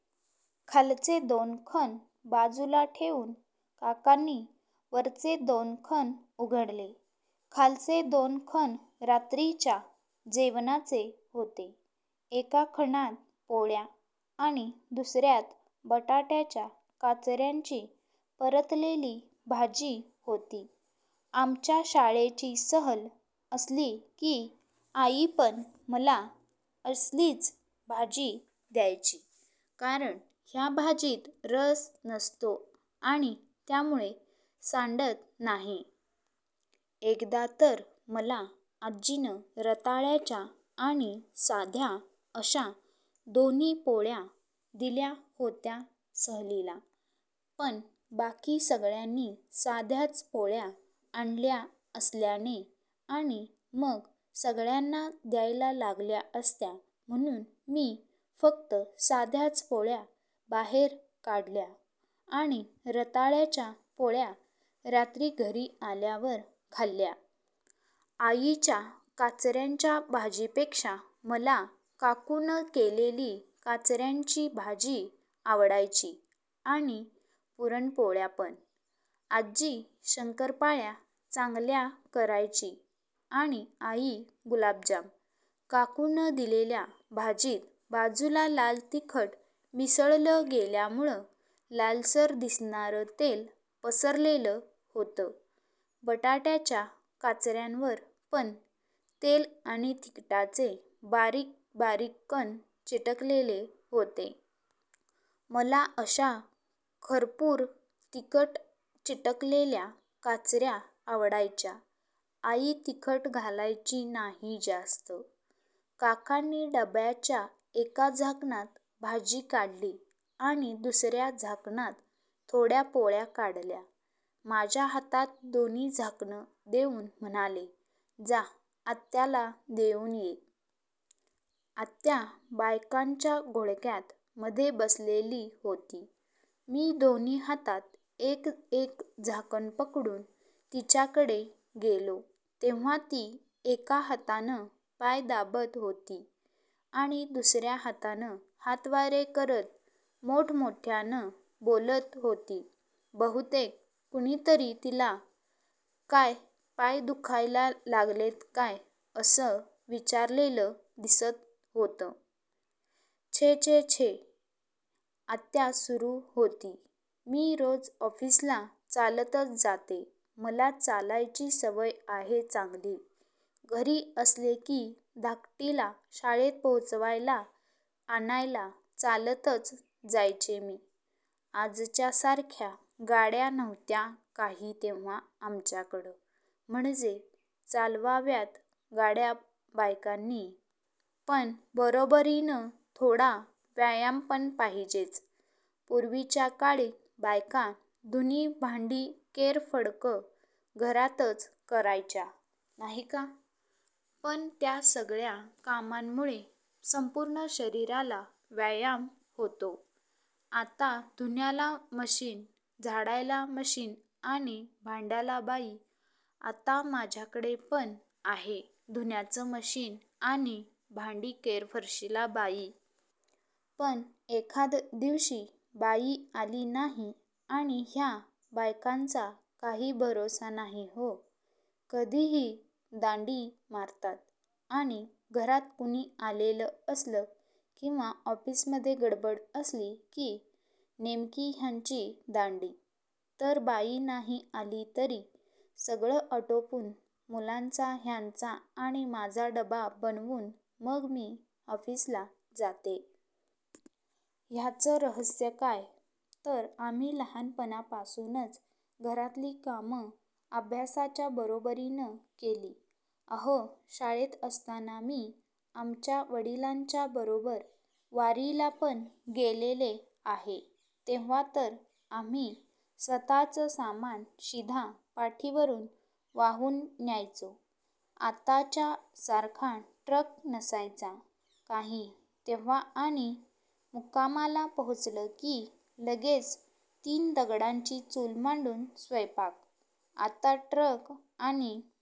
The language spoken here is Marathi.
खालचे दोन खण बाजूला ठेवून काकांनी वरचे दोन खण उघडले. खालचे दोन खण रात्रीच्या जेवणाचे होते. एका खणात पोळ्या आणि दुसर्यात बटाटाच्या काचर्यांची परतलेली भाजी होती. आमच्या शाळेची सहल असली की आईपण मला असलीच भाजी द्यायची कारण ह्या भाजीत रस नसतो आणि त्यामुळे सांडत नाही. एकदा तर मला आज्जीनं रताळ्याच्या आणि साध्या अश्या दोन्ही पोळ्या दिल्या होत्या सहलीला. पण बाकी सगळ्यांनी साध्याच पोळ्या आणल्या असल्याने आणि मग सगळ्यांना द्यायला लागल्या असत्या म्हणुन मी फक्त साध्याच पोळ्या बाहेर काढल्या आणि रताळ्याच्या पोळ्या रात्री घरी आल्यावर खाल्ल्या. आईच्या काचर्यांच्या भाजीपेक्षा मला काकूनं केलेली काचर्यांची भाजी आवडायची आणि पुरणपोळ्यापण. आज्जी शंकरपाळ्या चांगल्या करायची आणि आई गुलाबजाम. काकूनं दिलेल्या भाजीत बाजूला लाल तिखट मिसळलं गेल्यामुळ लालसर दिसणार तेल पसरलेलं होतं. बटाट्याच्या काचर्यांवर पण तेल आणि तिखटाचे बारीक बारीक कण चिकटलेले होते. मला अश्या खरपूर तिखट चिकटलेल्या काचर्या आवडायच्या. आई तिखट घालायची नाही जास्त. काकांनी डब्याच्या एका झाकणात भाजी काढली आणि दुसर्या झाकणात थोड्या पोळ्या काढल्या. माझ्या हातात दोन्ही झाकणं देउन म्हणाले, जा. आत्याला देउन ये. आत्या बायकांच्या घोळक्यात मध्ये बसलेली होती. मी दोन्ही हातात एक एक झाकण पकडून तिच्याकडे गेलो तेव्हा ती एका हातानं पाय दाबत होती आणि दुसर्या हातानं हातवारे करत मोठमोठ्यानं बोलत होती. बहुतेक कुणीतरी तिला काय, पाय दुखायला लागलेत काय असं विचारलेलं दिसत होतं. छे छे छे! आत्या सुरु होती. मी रोज ऑफिसला चालतच जाते. मला चालायची सवय आहे चांगली. घरी असले की धाकटीला शाळेत पोचवायला, आणायला चालतच जायचे मी. आजच्यासारख्या गाड्या नव्हत्या काही तेव्हा आमच्याकडं. म्हणजे चालवाव्यात गाड्या बायकांनी. पण बरोबरीनं थोडा व्यायाम पण पाहिजेच. पुर्वीच्या काळी बायका धुणी-भांडी-केरफडकं घरातच करायच्या, नाही का. पण त्या सगळ्या कामामुंळे संपूर्ण शरीराला व्यायाम होतो. आता धुण्याला मशिन, झाडायला मशिन आणि भांड्याला बाई. आता माझ्याकडे पण आहे धुण्याचं मशिन आणि भांडी-केरफरशीला बाई. पण एखाद दिवशी बाई आली नाही आणि ह्या बायकांचा काही भरोसा नाही हो. कधिही दांडी मारतात आणि घरात कुणी आलेलं असलं किंवा ऑफिसमध्ये गडबड असली की नेमकी ह्यांची दांडी. तर बाई नाही आली तरी सगळं आटोपून, मुलांचा, ह्यांचा आणि माझा डबा बनवून मग मी ऑफिसला जाते. ह्याचं रहस्य काय, तर आम्ही लहानपणापासूनच घरातली कामं अभ्यासाच्या बरोबरीनं केली. अहो शाळेत असताना मी आमच्या वडिलांच्या बरोबर वारीला पण गेलेले आहे. तेव्हातर आम्ही स्वतःचं सामान, शिधा पाठीवरुन वाहून न्यायचो. आताच्या सारखा ट्रक नसायचा काही तेव्हा आणि मुक्कामाला पोचलं की लगेच तीन दगडांची चूल मांडून स्वैपाक. आता ट्रक आणि